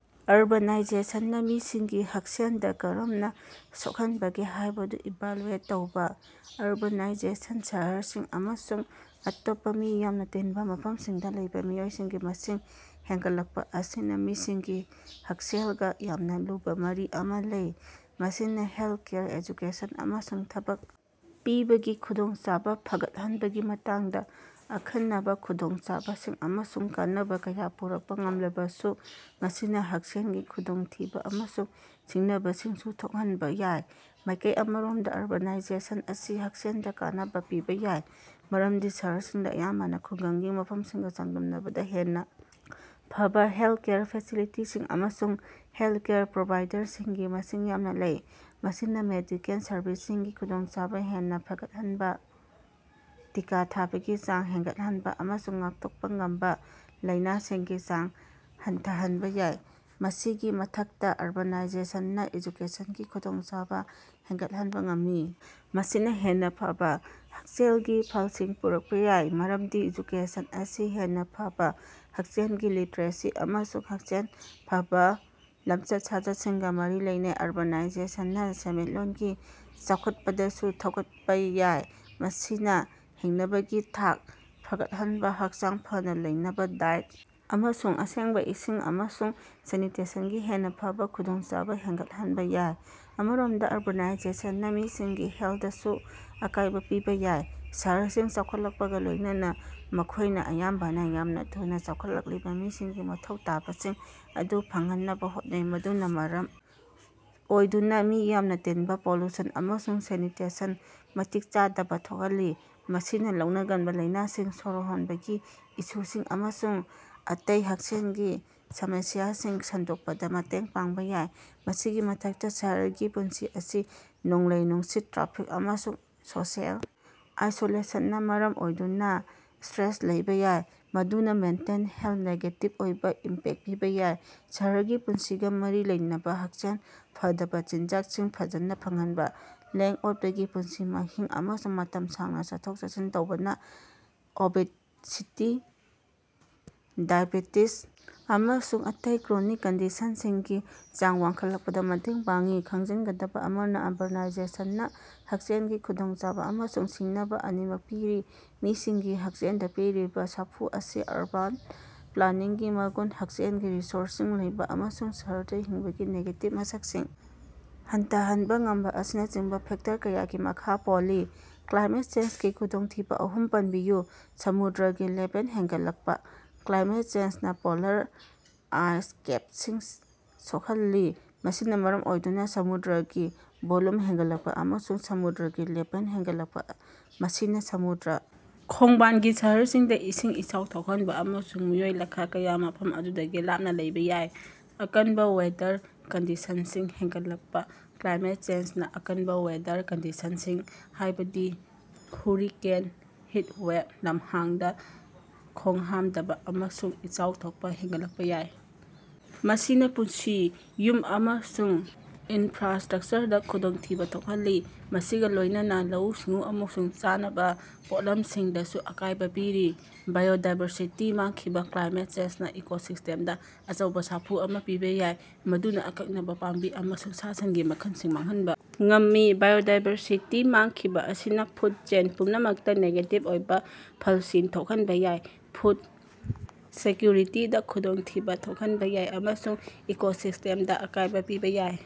ꯑꯔꯕꯥꯟꯅꯥꯏꯖꯦꯁꯟꯅ ꯃꯤꯁꯤꯡꯒꯤ ꯍꯛꯁꯦꯜꯗ ꯀꯥꯔꯝꯅ ꯁꯣꯛꯍꯟꯕꯒꯦ ꯍꯥꯏꯕꯗꯨ ꯏꯚꯥꯜꯂꯨꯌꯦꯠ ꯇꯧꯕ꯫ ꯑꯔꯕꯥꯅꯥꯏꯖꯦꯁꯟ, ꯁꯍꯥꯔꯁꯤꯡ ꯑꯃꯁꯨꯡ ꯑꯇꯣꯞꯄ ꯃꯤ ꯌꯥꯝꯅ ꯇꯤꯟꯕ ꯃꯐꯝꯁꯤꯡꯗ ꯂꯩꯕ ꯃꯤꯑꯣꯏꯁꯤꯡꯒꯤ ꯃꯁꯤꯡ ꯍꯦꯟꯒꯠꯂꯛꯄ ꯑꯁꯤꯅ ꯃꯤꯁꯤꯡꯒꯤ ꯍꯛꯁꯦꯜꯒ ꯌꯥꯝꯅ ꯂꯨꯕ ꯃꯔꯤ ꯑꯃ ꯂꯩ꯫ ꯃꯁꯤꯅ ꯍꯦꯜꯊꯀꯦꯌꯥꯔ, ꯑꯦꯗꯨꯀꯦꯁꯟ, ꯑꯃꯁꯨꯡ ꯊꯕꯛ ꯄꯤꯕꯒꯤ ꯈꯨꯗꯣꯡꯆꯥꯕ ꯐꯥꯒꯠꯍꯟꯕꯒꯤ ꯃꯇꯥꯡꯗ ꯑꯈꯟꯅꯕ ꯈꯨꯗꯣꯡꯆꯥꯕꯁꯤꯡ ꯑꯃꯁꯨꯡ ꯀꯥꯟꯅꯕ ꯀꯌꯥ ꯄꯨꯔꯛꯄ ꯉꯝꯂꯕꯁꯨ, ꯃꯁꯤꯅ ꯍꯛꯁꯦꯜꯒꯤ ꯈꯨꯗꯣꯡꯊꯤꯕ ꯑꯃꯁꯨꯡ ꯁꯤꯡꯅꯕꯁꯤꯡꯁꯨ ꯊꯣꯛꯍꯟꯕ ꯌꯥꯏ꯫ ꯃꯥꯢꯀꯩ ꯑꯃꯔꯣꯝꯗ, ꯑꯔꯕꯥꯟꯅꯥꯏꯖꯦꯁꯟ ꯑꯁꯤ ꯍꯛꯁꯦꯜꯗ ꯀꯥꯟꯅꯕ ꯄꯤꯕ ꯌꯥꯏ ꯃꯔꯝꯗꯤ ꯁꯥꯍꯔꯁꯤꯡꯗ ꯑꯌꯥꯝꯕꯅ ꯈꯨꯡꯒꯪꯒꯤ ꯃꯐꯝꯁꯤꯡꯒ ꯆꯥꯡꯗꯝꯅꯕꯗ ꯍꯦꯟꯅ ꯐꯥꯕ ꯍꯦꯜꯊꯀꯦꯌꯥꯔ ꯐꯦꯁꯤꯂꯤꯇꯤꯁꯤꯡ ꯑꯃꯁꯨꯡ ꯍꯦꯜꯊꯀꯦꯌꯥꯔ ꯄ꯭ꯔꯣꯚꯥꯏꯗꯔꯁꯤꯡꯒꯤ ꯃꯁꯤꯡ ꯌꯥꯝꯅ ꯂꯩ꯫ ꯃꯁꯤꯅ ꯃꯦꯗꯤꯀꯦꯜ ꯁꯔꯚꯤꯁꯁꯤꯡꯒꯤ ꯈꯨꯗꯣꯡꯆꯥꯕ ꯍꯦꯟꯅ ꯐꯒꯠꯍꯟꯕ, ꯇꯤꯀꯥ ꯊꯥꯕꯒꯤ ꯆꯥꯡ ꯍꯦꯅꯒꯠꯍꯅꯕ, ꯑꯃꯁꯨꯡ ꯉꯥꯛꯊꯣꯛꯄ ꯉꯝꯕ ꯂꯥꯢꯅꯁꯤꯡꯒꯤ ꯆꯥꯡ ꯍꯟꯊꯍꯟꯕ ꯌꯥꯏ꯫ ꯃꯁꯤꯒꯤ ꯃꯊꯥꯛꯇ, ꯑꯔꯕꯥꯟꯅꯥꯏꯖꯦꯁꯟꯅ ꯏꯗꯨꯀꯦꯁꯟꯒꯤ ꯈꯨꯗꯣꯡꯆꯥꯕ ꯍꯦꯟꯒꯠꯍꯟꯕ ꯉꯝꯃꯤ, ꯃꯁꯤꯅ ꯍꯦꯟꯅ ꯐꯥꯕ ꯍꯛꯁꯦꯜꯒꯤ ꯐꯜꯁꯤꯡ ꯄꯨꯔꯛꯄ ꯌꯥꯏ, ꯃꯔꯝꯗꯤ ꯏꯗꯨꯀꯦꯁꯟ ꯑꯁꯤ ꯍꯦꯟꯅ ꯐꯥꯕ ꯍꯛꯁꯦꯜꯒꯤ ꯂꯤꯇꯔꯦꯁꯤ ꯑꯃꯁꯨꯡ ꯍꯛꯁꯦꯜ ꯐꯥꯕ ꯂꯝꯆꯠ-ꯁꯥꯖꯠꯁꯤꯡꯒ ꯃꯔꯤ ꯂꯩꯅꯩ꯫ ꯑꯔꯕꯥꯟꯅꯥꯏꯖꯦꯁꯟꯅ ꯁꯦꯟꯃꯤꯠꯂꯣꯟꯒꯤ ꯆꯥꯎꯈꯠꯄꯗꯁꯨ ꯊꯧꯒꯠꯄ ꯌꯥꯏ, ꯃꯁꯤꯅ ꯍꯤꯡꯅꯕꯒꯤ ꯊꯥꯛ ꯐꯥꯒꯠꯍꯟꯕ, ꯍꯛꯆꯥꯡ ꯐꯥꯅ ꯂꯩꯅꯕ ꯗꯥꯏꯠ, ꯑꯃꯁꯨꯡ ꯑꯁꯦꯡꯕ ꯏꯁꯤꯡ ꯑꯃꯁꯨꯡ ꯁꯦꯅꯤꯇꯦꯁꯟꯒꯤ ꯍꯦꯟꯅ ꯐꯥꯕ ꯈꯨꯗꯣꯡꯆꯥꯕ ꯍꯦꯟꯒꯠꯍꯟꯕ ꯌꯥꯏ꯫ ꯑꯃꯔꯣꯝꯗ, ꯑꯔꯕꯥꯟꯅꯥꯏꯖꯦꯁꯟꯅ ꯃꯤꯁꯤꯡꯒꯤ ꯍꯛꯁꯦꯜꯗꯁꯨ ꯑꯀꯥꯏꯕ ꯄꯤꯕ ꯌꯥꯏ꯫ ꯁꯥꯍꯔꯁꯤꯡ ꯆꯥꯎꯈꯠꯂꯛꯄꯒ ꯂꯣꯢꯅꯅ, ꯃꯈꯣꯢꯅ ꯑꯌꯥꯝꯕꯅ ꯌꯥꯝꯅ ꯊꯨꯅ ꯆꯥꯎꯈꯠꯂꯛꯂꯤꯕ ꯃꯤꯁꯤꯡꯒꯤ ꯃꯊꯧ ꯇꯥꯕꯁꯤꯡ ꯑꯗꯨ ꯐꯪꯍꯟꯅꯕ ꯍꯣꯠꯅꯩ, ꯃꯗꯨꯅ ꯃꯔꯝ ꯑꯣꯏꯗꯨꯅ ꯃꯤ ꯌꯥꯝꯅ ꯇꯤꯟꯕ, ꯄꯣꯂꯨꯁꯟ ꯑꯃꯁꯨꯡ ꯁꯦꯅꯤꯇꯦꯁꯟ ꯃꯇꯤꯛ ꯆꯥꯗꯕ ꯊꯣꯛꯍꯜꯂꯤ꯫ ꯃꯁꯤꯅ ꯂꯧꯅꯒꯟꯕ ꯂꯥꯢꯅꯁꯤꯡ, ꯁ꯭ꯕꯔ ꯍꯣꯟꯕꯒꯤ ꯏꯁꯨꯁꯤꯡ ꯑꯃꯁꯨꯡ ꯑꯇꯩ ꯍꯛꯁꯦꯜꯒꯤ ꯁꯃꯥꯁ꯭ꯌꯥꯁꯤꯡ ꯁꯟꯗꯣꯛꯄꯗ ꯃꯇꯦꯡ ꯄꯥꯡꯕ ꯌꯥꯏ꯫ ꯃꯁꯤꯒꯤ ꯃꯊꯛꯇ, ꯁꯍꯥꯔꯒꯤ ꯄꯨꯟꯁꯤ ꯑꯁꯤ ꯅꯣꯡꯂꯩ-ꯅꯨꯡꯁꯤꯠ, ꯇ꯭ꯔꯥꯐꯤꯛ, ꯑꯃꯁꯨꯡ ꯁꯣꯁꯤꯑꯦꯜ ꯑꯥꯏꯁꯣꯂꯦꯁꯟꯅ ꯃꯔꯝ ꯑꯣꯏꯗꯨꯅ ꯏꯁ꯭ꯠꯔꯦꯁ ꯂꯩꯕ ꯌꯥꯏ, ꯃꯗꯨꯅ ꯃꯦꯟꯇꯦꯜ ꯍꯦꯜꯊꯇ ꯅꯦꯒꯦꯇꯤꯚ ꯑꯣꯏꯕ ꯏꯝꯄꯦꯛ ꯄꯤꯕ ꯌꯥꯏ꯫ ꯁꯍꯔꯒꯤ ꯄꯨꯟꯁꯤꯒ ꯃꯔꯤ ꯂꯩꯅꯕ ꯍꯛꯁꯦꯜ ꯐꯗꯥꯕ ꯆꯤꯟꯖꯥꯛꯁꯤꯡ ꯐꯖꯥꯅ ꯐꯪꯍꯟꯕ, ꯂꯦꯡ-ꯑꯣꯠꯄꯒꯤ ꯄꯨꯟꯁꯤ ꯃꯍꯤꯡ, ꯑꯃꯁꯨꯡ ꯃꯇꯝ ꯁꯥꯡꯅ ꯆꯠꯊꯣꯛ-ꯆꯠꯁꯤꯟ ꯇꯧꯕꯅ ꯑꯣꯕꯦꯁꯤꯇꯤ, ꯗꯥꯏꯑꯦꯕꯦꯇꯤꯖ ꯑꯃꯁꯨꯡ ꯑꯇꯩ ꯀ꯭ꯔꯣꯅꯤꯛ ꯀꯟꯗꯤꯁꯟꯁꯤꯡꯒꯤ ꯆꯥꯡ ꯋꯥꯡꯈꯠꯂꯛꯄꯗ ꯃꯇꯦꯡ ꯄꯥꯡꯏ꯫ ꯈꯪꯖꯤꯅꯒꯗꯕ ꯑꯃꯅ, ꯑꯔꯕꯥꯟꯅꯥꯏꯖꯦꯁꯟꯅ ꯍꯛꯁꯦꯜꯒꯤ ꯈꯨꯗꯣꯡꯆꯥꯕ ꯑꯃꯁꯨꯡ ꯁꯤꯡꯅꯕ ꯑꯅꯤꯃꯛ ꯄꯤꯔꯤ꯫ ꯃꯤꯁꯤꯡꯒꯤ ꯍꯛꯁꯦꯜꯗ ꯄꯤꯔꯤꯕ ꯁꯥꯐꯨ ꯑꯁꯤ ꯑꯔꯕꯥꯟ ꯄ꯭ꯂꯥꯅꯤꯡꯒꯤ ꯃꯒꯨꯟ, ꯍꯛꯁꯦꯜꯒꯤ ꯔꯤꯁꯣꯔꯁꯁꯤꯡ ꯂꯩꯕ, ꯑꯃꯁꯨꯡ ꯁꯍꯥꯔꯗ ꯍꯤꯡꯕꯒꯤ ꯅꯦꯒꯦꯇꯤꯚ ꯃꯁꯛꯁꯤꯡ ꯍꯟꯊꯍꯅꯕ ꯉꯝꯕ ꯑꯁꯤꯅꯆꯤꯡꯕ ꯐꯦꯛꯇꯔ ꯀꯌꯥꯒꯤ ꯃꯈꯥ ꯄꯣꯜꯂꯤ꯫ ꯀ꯭ꯂꯥꯏꯃꯦꯠ ꯆꯦꯟꯖꯒꯤ ꯈꯨꯗꯣꯡꯊꯤꯕ ꯑꯍꯨꯝ ꯄꯟꯕꯤꯌꯨ꯫ ꯁꯃꯨꯗ꯭ꯔꯒꯤ ꯂꯦꯚꯦꯜ ꯍꯦꯅꯒꯠꯂꯀꯄꯥ, ꯀ꯭ꯂꯥꯏꯃꯦꯠ ꯆꯦꯟꯖꯅ ꯄꯣꯂꯥꯔ ꯑꯥꯏꯁ ꯀꯦꯄꯁꯤꯡ ꯁꯣꯀꯍꯜꯂꯤ, ꯃꯁꯤꯅꯥ ꯃꯔꯝ ꯑꯣꯏꯗꯨꯅꯥ ꯁꯃꯨꯗ꯭ꯔꯒꯤ ꯚꯣꯜꯌꯨꯝ ꯍꯦꯟꯒꯠꯂꯛꯄ ꯑꯃꯁꯨꯡ ꯁꯃꯨꯗ꯭ꯔꯥꯒꯤ ꯂꯦꯚꯦꯜ ꯍꯦꯟꯒꯠꯂꯛꯄ꯫ ꯃꯁꯤꯅ ꯁꯃꯨꯗ꯭ꯔꯥ ꯈꯣꯡꯕꯥꯜꯒꯤ ꯁꯍꯥꯔꯁꯤꯡꯗ ꯏꯁꯤꯡ ꯏꯆꯥꯎ ꯊꯣꯛꯍꯟꯕ ꯑꯃꯁꯨꯡ ꯃꯤꯑꯣꯏ ꯂꯥꯈ ꯀꯌꯥ ꯃꯐꯝ ꯑꯗꯨꯗꯒꯤ ꯂꯥꯞꯅ ꯂꯩꯕ ꯌꯥꯏ꯫ ꯑꯀꯥꯟꯕ ꯋꯦꯗꯔ ꯀꯟꯗꯤꯁꯟꯁꯤꯡ ꯍꯦꯟꯒꯠꯂꯛꯄ ꯀ꯭ꯂꯥꯏꯃꯦꯠ ꯆꯦꯟꯖꯅ ꯑꯀꯥꯟꯕ ꯋꯦꯗꯔ ꯀꯟꯗꯤꯁꯟꯁꯤꯡ ꯍꯥꯏꯕꯗꯤ ꯍꯨꯔꯤꯀꯦꯟ, ꯍꯤꯠꯋꯦꯕ, ꯂꯝꯍꯥꯡꯗ ꯈꯣꯡꯍꯥꯝꯗꯕ, ꯑꯃꯁꯨꯡ ꯏꯆꯥꯎ ꯊꯣꯛꯄ ꯍꯦꯟꯒꯠꯂꯛꯄ ꯌꯥꯏ꯫ ꯃꯁꯤꯅ ꯄꯨꯟꯁꯤ, ꯌꯨꯝ, ꯑꯃꯁꯨꯡ ꯏꯅꯐ꯭ꯔꯥꯁ꯭ꯇꯔꯥꯛꯆꯔꯗ ꯈꯨꯗꯣꯡꯊꯤꯕ ꯊꯣꯛꯍꯜꯂꯤ, ꯃꯁꯤꯒ ꯂꯣꯏꯅꯅ ꯂꯧꯎ-ꯁꯤꯡꯎ ꯑꯃꯁꯨꯡ ꯆꯥꯅꯕ ꯄꯣꯠꯂꯃꯁꯤꯡꯗꯁꯨ ꯑꯀꯥꯏꯕ ꯄꯤꯔꯤ꯫ ꯕꯥꯏꯑꯣꯗꯥꯏꯕꯔꯁꯤꯇꯤ ꯃꯥꯡꯈꯤꯕ - ꯀ꯭ꯂꯥꯏꯃꯦꯠ ꯆꯦꯟꯖꯅ ꯏꯀꯣꯁꯤꯁ꯭ꯇꯦꯝꯗ ꯑꯆꯧꯕ ꯁꯥꯐꯨ ꯑꯃ ꯄꯤꯕ ꯌꯥꯏ, ꯃꯗꯨꯅ ꯑꯀꯥꯛꯅꯕ ꯄꯥꯝꯕꯤ ꯑꯃꯁꯨꯡ ꯁꯥ-ꯁꯥꯟꯒꯤ ꯃꯈꯜꯁꯤꯡ ꯃꯥꯡꯍꯟꯕ ꯉꯝꯃꯤ꯫ ꯕꯥꯏꯑꯣꯗꯥꯏꯕꯔꯁꯤꯇꯤ ꯃꯥꯡꯈꯤꯕ ꯑꯁꯤꯅ ꯐꯨꯗ ꯆꯦꯟ ꯄꯨꯝꯅꯃꯛꯇ ꯅꯦꯒꯦꯇꯤꯕ ꯑꯣꯏꯕ ꯐꯜꯁꯤꯡ ꯊꯣꯛꯍꯟꯕ ꯌꯥꯏ, ꯐꯨꯗ ꯁꯦꯛꯀꯤꯌꯨꯔꯤꯇꯤꯗ ꯈꯨꯗꯣꯡꯊꯤꯕ ꯊꯣꯛꯍꯟꯕ ꯌꯥꯏ ꯑꯃꯁꯨꯡ ꯏꯀꯣꯁꯤꯁ꯭ꯇꯦꯝꯗ ꯑꯀꯥꯏꯕ ꯄꯤꯕ ꯌꯥꯏ꯫